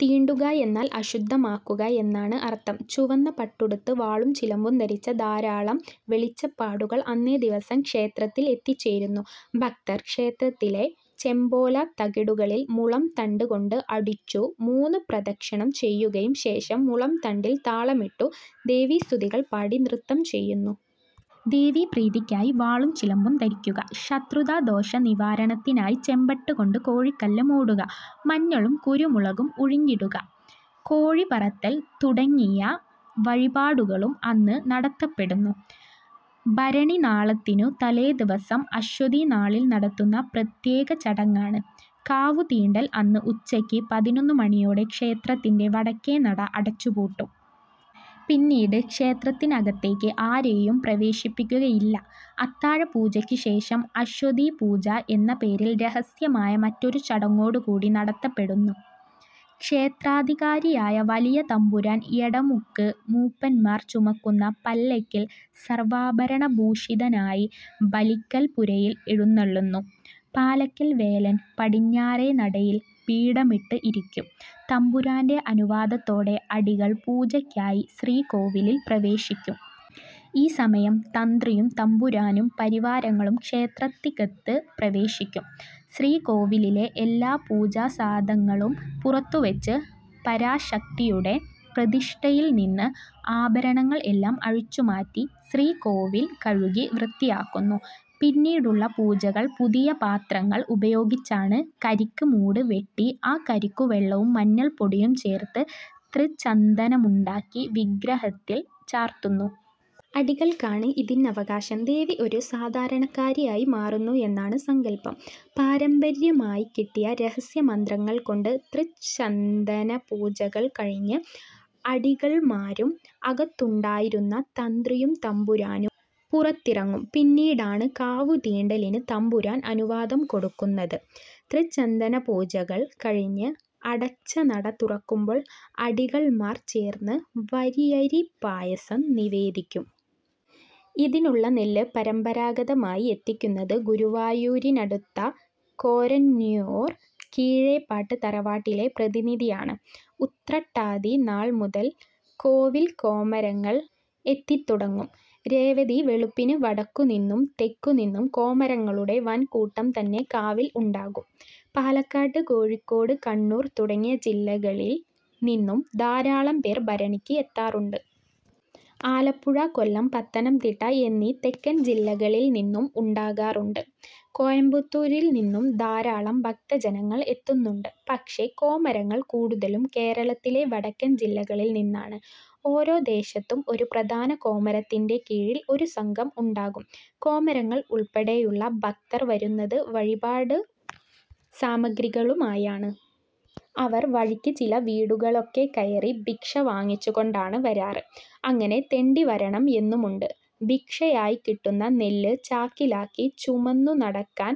"തീണ്ടുക" എന്നാൽ അശുദ്ധമാക്കുക എന്നാണ് അർത്ഥം. ചുവന്ന പട്ടുടുത്ത് വാളും ചിലമ്പും ധരിച്ച ധാരാളം വെളിച്ചപ്പാടുകൾ അന്നേ ദിവസം ക്ഷേത്രത്തിൽ എത്തിച്ചേരുന്നു. ഭക്തർ ക്ഷേത്രത്തിലെ ചെമ്പോല തകിടുകളിൽ മുളംതണ്ട് കൊണ്ട് അടിച്ചു മൂന്ന് പ്രദക്ഷിണം ചെയ്യുകയും ശെഷം മുളംതണ്ടിൽ താളമിട്ടു ദേവീസ്തുതികൾ പാടി നൃത്തം ചെയ്യുന്നു. ദേവീ പ്രീതിക്കായി വാളും ചിലമ്പും ധരിക്കുക, ശത്രുതാദോഷ നിവാരണത്തിനായി ചെമ്പട്ട് കൊണ്ട് കോഴിക്കല്ല് മൂടുക, മഞ്ഞളും കുരുമുളകും ഉഴിഞ്ഞിടുക, കോഴി പറത്തൽ തുടങ്ങിയ വഴിപാടുകളും അന്ന് നടത്തപ്പെടുന്നു. ഭരണിനാളിനു തലേദിവസം അശ്വതി നാളിൽ നടക്കുന്ന പ്രത്യേക ചടങ്ങാണ്. കാവുതീണ്ടൽ. അന്ന് ഉച്ചക്ക് പതിനൊന്നുമണിയോടെ ക്ഷേത്രത്തിൻറെ വടക്കേ നട അടച്ചുപൂട്ടും. പിന്നീട് ക്ഷേത്രത്തിനകത്തേക്ക് ആരേയും പ്രവേശിപ്പിക്കുകയില്ല. അത്താഴപൂജക്ക് ശേഷം "അശ്വതീപൂജ" എന്ന പേരിൽ രഹസ്യമായ മറ്റൊരു ചടങ്ങൂകൂടി നടത്തപ്പെടുന്നു. ക്ഷേത്രാധികാരിയായ വലിയ തമ്പുരാൻ, എടമുക്ക് മൂപ്പന്മാർ ചുമക്കുന്ന പല്ലക്കിൽ സർവാഭരണഭൂഷിതനായി ബലിക്കൽ പുരയിൽ എഴുന്നെള്ളുന്നു. പാലയ്ക്കൽ വേലൻ പടിഞ്ഞാരെ നടയിൽ പീഠമിട്ട് ഇരിക്കും. തമ്പുരാന്റെ അനുവാദത്തോടെ അടികൾ പൂജക്കായി ശ്രീക്കോവിലിൽ പ്രവേശിക്കും. ഈ സമയം തന്ത്രിയും തമ്പുരാനും പരിവാരങ്ങളും ക്ഷേത്രത്തികത്ത് പ്രവേശിക്കും. ശ്രീകോവിലിലെ എല്ലാ പൂജാസാധങ്ങളും പുറത്തുവെച്ച്, പരാശക്തിയുടെ പ്രതിഷ്ഠയിൽ നിന്ന് ആഭരണങ്ങൾ എല്ലാം അഴിച്ചുമാറ്റി, ശ്രീകോവിൽ കഴുകി വൃത്തിയാക്കുന്നു. പിന്നീടുള്ള പൂജകൾ പുതിയ പാത്രങ്ങൾ ഉപയോഗിച്ചാണ്. കരിക്ക് മൂട് വെട്ടി ആ കരിക്കുവെള്ളവും മഞ്ഞൾപ്പൊടിയും ചേർത്ത് തൃച്ചന്ദനമുണ്ടാക്കി, വിഗ്രഹത്തിൽ ചാർത്തുന്നു. അടികൾക്കാണ് ഇതിന്നവകാശം. ദേവി ഒരു സാധാരണക്കാരിയായി മാറുന്നു എന്നാണ് സങ്കൽപ്പം. പാരമ്പര്യമായി കിട്ടിയ രഹസ്യമന്ത്രങ്ങൾ കൊണ്ട് തൃച്ചന്ദനപൂജകൾ കഴിഞ്ഞ് അടികൾമാരും അകത്തുണ്ടായിരുന്ന തന്ത്രിയും തമ്പുരാനും പുറത്തിറങ്ങും. പിന്നീടാണ് കാവുതീണ്ടലിന് തമ്പുരാൻ അനുവാദം കൊടുക്കുന്നത്. തൃച്ചന്ദനപൂജകൾ കഴിഞ്ഞ് അടച്ച നട തുറക്കുമ്പോൾ അടികൾമാർ ചേർന്ന് വരിയരി പായസം നിവേദിക്കും. ഇതിനുള്ള നെല്ല് പരമ്പരാഗതമായി എത്തിക്കുന്നത് ഗുരുവായൂരിനടുത്ത കൊരഞ്ഞിയൂർ കീഴേപ്പാട്ട് തറവാട്ടിലെ പ്രതിനിധിയാണ്. ഉത്രട്ടാതി നാൾ മുതൽ കാവിൽ കോമരങ്ങൾ എത്തിത്തുടങ്ങും. രേവതിവെളുപ്പിന് വടക്കുനിന്നും തെക്കുനിന്നും കോമരങ്ങളുടെ വൻ കൂട്ടം തന്നെ കാവിൽ ഉണ്ടാകും. പാലക്കാട്, കോഴിക്കോട്, കണ്ണൂർ തുടങ്ങിയ ജില്ലകളിൽ നിന്നും ധാരാളം പേർ ഭരണിക്ക് എത്താറുണ്ട്. ആലപ്പുഴ, കൊല്ലം, പത്തനംതിട്ട എന്നീ തെക്കൻ ജില്ലകളിൽ നിന്നും ഉണ്ടാകാറുണ്ട്. കോയമ്പത്തൂരിൽ നിന്നും ധാരാളം ഭക്തജനങ്ങൾ എത്തുന്നുണ്ട്. പക്ഷേ കോമരങ്ങൾ കൂടുതലും കേരളത്തിലെ വടക്കൻ ജില്ലകളിൽ നിന്നാണ്. ഓരോ ദേശത്തും ഒരു പ്രധാന കോമരത്തിന്റെ കീഴിൽ ഒരു സംഘം ഉണ്ടാകും. കോമരങ്ങൾ ഉൾപ്പെടെയുള്ള ഭക്തർ വരുന്നത് വഴിപാടുസാമഗ്രികളുമായാണ്. അവർ, വഴിക്ക് ചില വീടുകളൊക്കെകയറി ഭിക്ഷ വാങ്ങിച്ചുകൊണ്ടാണ് വരാറ്. അങ്ങനെ തെണ്ടി വരണം എന്നുമുണ്ട്. ഭിക്ഷയായി കിട്ടുന്ന നെല്ല് ചാക്കിലാക്കി ചുമന്നുനടക്കാൻ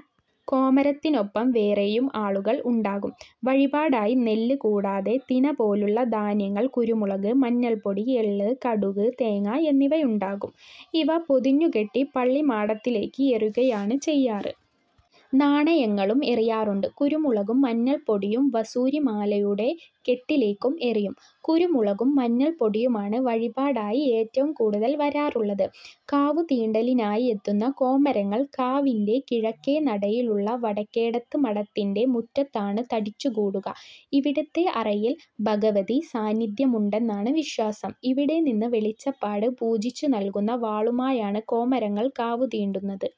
കോമരത്തിനൊപ്പം വേറെയും ആളുകൾ ഉണ്ടാകും. വഴിപാടായി നെല്ല് കൂടാതെ തിനപോലുള്ള ധാന്യങ്ങൾ, കുരുമുളക്, മഞ്ഞൾപ്പൊടി, എള്ള്, കടുക്, തേങ്ങ എന്നിവയുണ്ടാകും. ഇവ പൊതിഞ്ഞുകെട്ടി പള്ളിമാടത്തിലേക്ക് എറിയുകയാണ് ചെയ്യാറ്. നാണയങ്ങളും എറിയാറുണ്ട്. കുരുമുളകും മഞ്ഞൾപ്പൊടിയും വസൂരിമാലയുടെ കെട്ടിലേക്കും എറിയും. കുരുമുളകും മഞ്ഞൾപ്പൊടിയുമാണ് വഴിപാടായി ഏറ്റവും കൂടുതൽ വരാറുള്ളത്. കാവുതീണ്ടലിനായി എത്തുന്ന കോമരങ്ങൾ കാവിന്റെ കിഴക്കേ നടയിലുള്ള വടക്കേടത്ത് മഠത്തിന്റെ മുറ്റത്താണ് തടിച്ചുകൂടുക. ഇവിടത്തെ അറയിൽ ഭഗവതി സാന്നിദ്ധ്യമുണ്ടെന്നാണ് വിശ്വാസം. ഇവിടെ നിന്ന് വെളിച്ചപ്പാട് പൂജിച്ചു നൽകുന്ന വാളുമായാണ് കോമരങ്ങൾ കാവുതീണ്ടുന്നത്.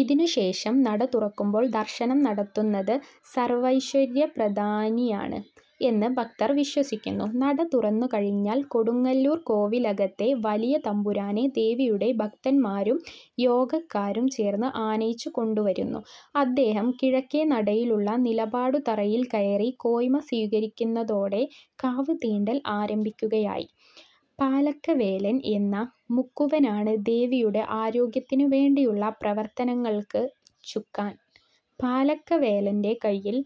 ഇതിനുശേഷം നടതുറക്കുമ്പോൾ ദർശനം നടത്തുന്നത് സർവൈശ്വര്യപ്രധാനിയാണ് എന്ന് ഭക്തർ വിശ്വസിക്കന്നു. നടതുറന്നു കഴിഞ്ഞാൽ കൊടുങ്ങല്ലൂർ കോവിലകത്തെ വലിയ തമ്പുരാനെ ദേവിയുടെ ഭക്തന്മാരും യോഗക്കാരും ചേർന്ന് ആനയിച്ച് കൊണ്ടുവരുന്നു. അദ്ദേഹം കിഴക്കേ നടയിലുള്ള നിലപാടുതറയിൽകയറി കോയ്മ സ്വീകരിക്കുന്നതോടെ കാവ്തീണ്ടൽ ആരംഭിക്കുകയായി. പാലക്കവേലൻ എന്ന മുക്കുവനാണ് ദേവിയുടെ ആരോഗ്യത്തിനുവേണ്ടിയുള്ള പ്രവർത്തനങ്ങൾക്ക് ചുക്കാൻ. പാലക്കവേലന്റെ കയ്യിൽ